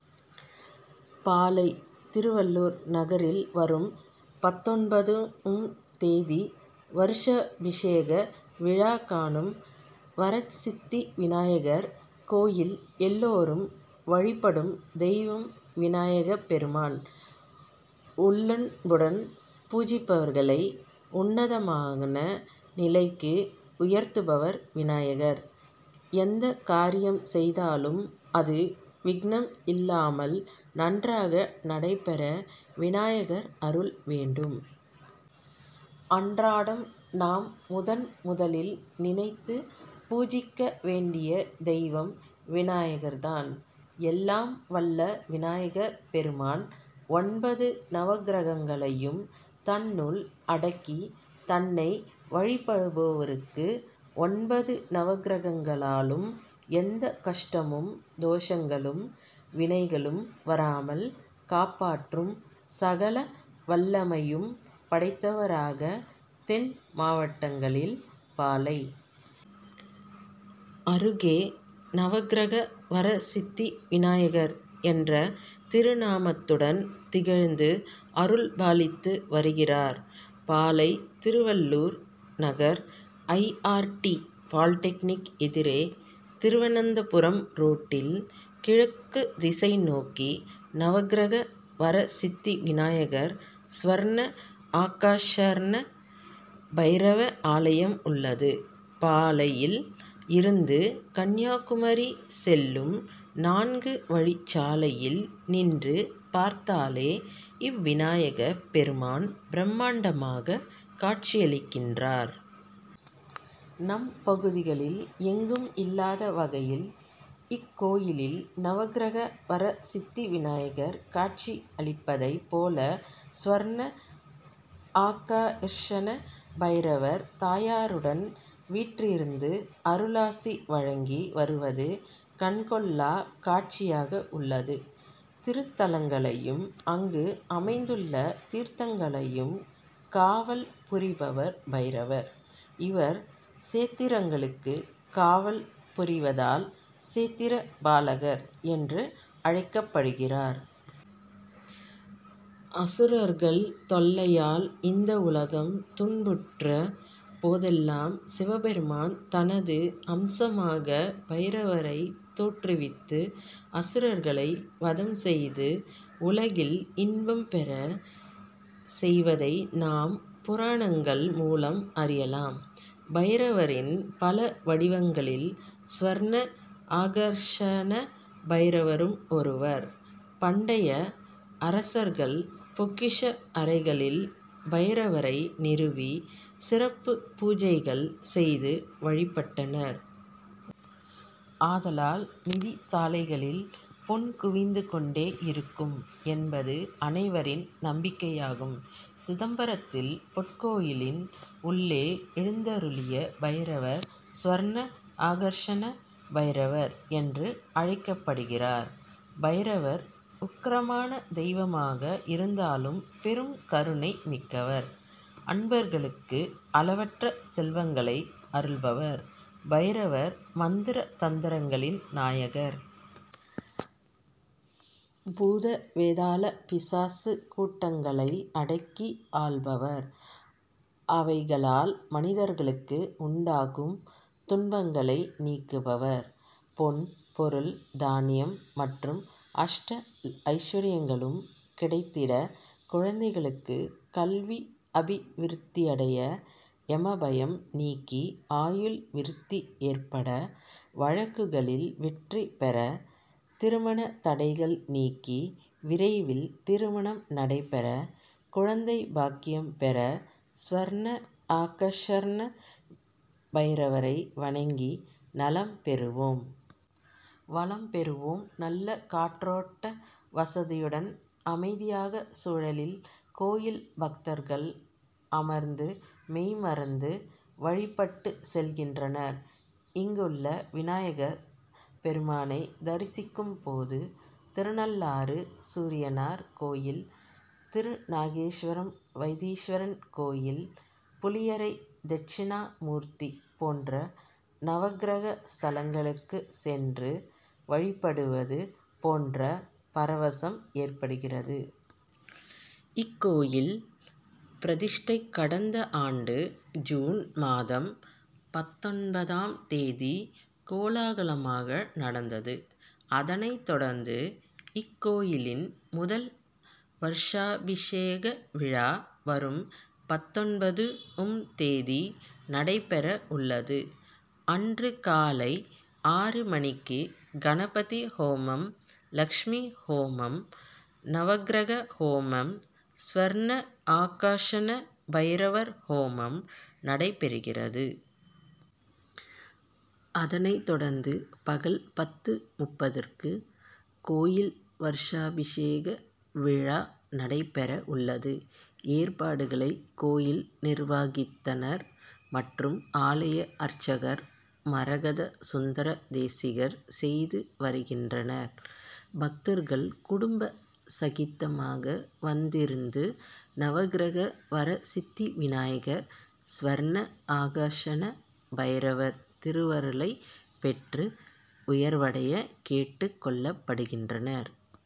பாளை., திருவள்ளூவர் நகரில் வரும் பத்தொன்பது ம் தேதி வருஷாபிஷேக விழா காணும் வரசித்தி விநாயகர் கோயில் எல்லோரும் வழிபடும் தெய்வம் விநாயகர் பெருமான். உள்ளன்புடன் பூஜிப்பவர்களை உன்னதமான நிலைக்கு உயர்த்துபவர் விநாயகர். எந்தக் காரியம் செய்தாலும் அது விக்னம் இல்லாமல் நன்றாக நடைபெற விநாயகர் அருள் வேண்டும். அன்றாடம் நாம் முதன் முதலில் நினைத்து பூஜிக்க வேண்டிய தெய்வம் விநாயகர்தான். எல்லாம் வல்ல விநாயகர் பெருமான் ஒன்பது நவக்கிரகங்களையும் தன்னுள் அடக்கி தன்னை வழிபடுவோருக்கு ஒன்பது நவக்கிரகங்களாலும் எந்தக் கஷ்டமும், தோஷங்களும், வினைகளும் வராமல் காப்பாற்றும் சகல வல்லமையும் படைத்தவராக தென் மாவட்டங்களில் பாளை., அருகே நவக்கிரக வரசித்தி விநாயகர் என்ற திருநாமத்துடன் திகழ்ந்து அருள் பாலித்து வருகிறார். Palai., Thiruvalluvar Nagar I. R. T., polytechnic எதிரே திருவனந்தபுரம் ரோடில் கிழக்குத் திசை நோக்கி நவக்கிரக வரசித்தி விநாயகர், சொர்ண ஆகர்ஷண பைரவ ஆலயம் உள்ளது. பாளை. யில் இருந்து கன்னியாகுமரி செல்லும் நான்கு வழிச்சாலையில் நின்று பார்த்தாலே இவ்விநாயகர் பெருமான் பிரமாண்டமாக காட்சியளிக்கின்றார். நம் பகுதிகளில் எங்கும் இல்லாத வகையில் இக்கோயிலில் நவக்கிரக வரசித்தி விநாயகர் காட்சி அளிப்பதைப் போல சொர்ண ஆகர்ஷண பைரவர் தாயாருடன் வீற்றிருந்து அருளாசி வழங்கி வருவது கண்கொள்ளாக் காட்சியாக உள்ளது. திருத்தலங்களையும், அங்கு அமைந்துள்ள தீர்த்தங்களையும் காவல் புரிபவர் பைரவர். இவர் சேத்திரங்களுக்குக் காவல் புரிவதால் சேத்திரப் பாலகர் என்று அழைக்கப்படுகிறார். அசுரர்கள் தொல்லையால் இந்த உலகம் துன்புற்ற போதெல்லாம் சிவபெருமான் தனது அம்சமாக பைரவரைத் தோற்றுவித்து, அசுரர்களை வதம் செய்து உலகில் இன்பம் பெருக செய்வதை நாம் புராணங்கள் மூலம் அறியலாம். பைரவரின் பல வடிவங்களில் சொர்ண ஆகர்ஷண பைரவரும் ஒருவர். பண்டைய அரசரகள் பொக்கிஷ அறைகளில் பைரவரை நிறுவி சிறப்புப் பூஜைகள் செய்து வழிபட்டனர். அதனால் நிதிசாலைகளில் பொன் குவிந்துக் கொண்டே இருக்கும் என்பது அனைவரின் நம்பிக்கையாகும். சிதம்பரத்தில் பொற்கோயிலின் உள்ளே எழுந்தருளிய பைரவர் சொர்ண ஆகர்ஷண பைரவர் என்று அழைக்கப்படுகிறார். பைரவர் உக்கிரமான தெய்வமாக இருந்தாலும் பெரும் கருணை மிக்கவர். அன்பர்களுக்கு அளவற்ற செல்வங்களை அருள்பவர். பைரவர் மந்திர, தந்திரங்களின் நாயகர். பூத, வேதாள, பிசாசுக் கூட்டங்களை அடக்கி ஆள்பவர். அவைகளால் மனிதர்களுக்கு உண்டாகும் துன்பங்களை நீக்குபவர். பொன், பொருள், தானியம் மற்றும் அஷ்ட ஐஸ்வரியங்களும் கிடைத்திட குழந்தைகளுக்கு கல்வி அபிவிருத்தியடைய, எமபயம் நீங்கி ஆயுள் விருத்தி ஏற்பட, வழக்குகளில் வெற்றி பெற திருமணத் தடைகள் நீங்கி விரைவில் திருமணம் நடைபெற குழந்தைப் பாக்கிய பெற சொர்ண ஆகர்ஷண பைரவரை வணங்கி நலம் பெறுவோம். வளம் பெறுவோம். நல்ல காற்றோட்ட வசதியுடன் அமைதியான சூழலில் கோயில் பக்தர்கள் அமர்ந்து மெய்மறந்து வழிபட்டுச் செல்கின்றனர். இங்குள்ள விநாயகர் பெருமானைத் தரிசிக்கும்போது திருநள்ளாறு சூரியனார் கோயில், திருநாகேஸ்வரம் வைத்தீஸ்வரன் கோயில், புளியரை தெட்சிணாமூர்த்தி போன்ற நவக்கிரக ஸ்தலங்களுக்குச் சென்று வழிபடுவது போன்ற பரவசம் ஏற்படுகிறது. இக்கோயில் பிரதிஷ்டை கடந்த ஆண்டு ஜூன் மாதம் பத்தொன்பதாம் தேதி கோலாகலமாக நடந்தது. அதனைத் தொடர்ந்து இக்கோயிலின் முதல் வருஷாபிஷேக விழா வரும் பத்தொன்பது ம் தேதி நடைபெற உள்ளது. அன்று காலை ஆறு மணிக்கு கணபதி ஹோமம், லட்சுமி ஹோமம், நவக்கிரக ஹோமம், சொர்ண ஆகர்ஷண பைரவர் ஹோமம் நடைபெறுகிறது. அதனைத் தொடர்ந்து பகல் பத்து.முப்பதுக்கு கோயில் வருஷாபிஷேக விழா நடைபெற உள்ளது. ஏற்பாடுகளை கோயில் நிர்வாகத்தினர் மற்றும் ஆலய அர்ச்சகர் மரகத சுந்தர தேசிகர் செய்து வருகின்றனர். பக்தர்கள் குடும்ப சகிதமாக வந்திருந்து நவக்கிரக வரசித்தி விநாயகர், சொர்ண ஆகர்ஷண பைரவர் திருவருளைப் பெற்று உயர்வடைய கேட்டுக் கொள்ளப்படுகின்றனர்.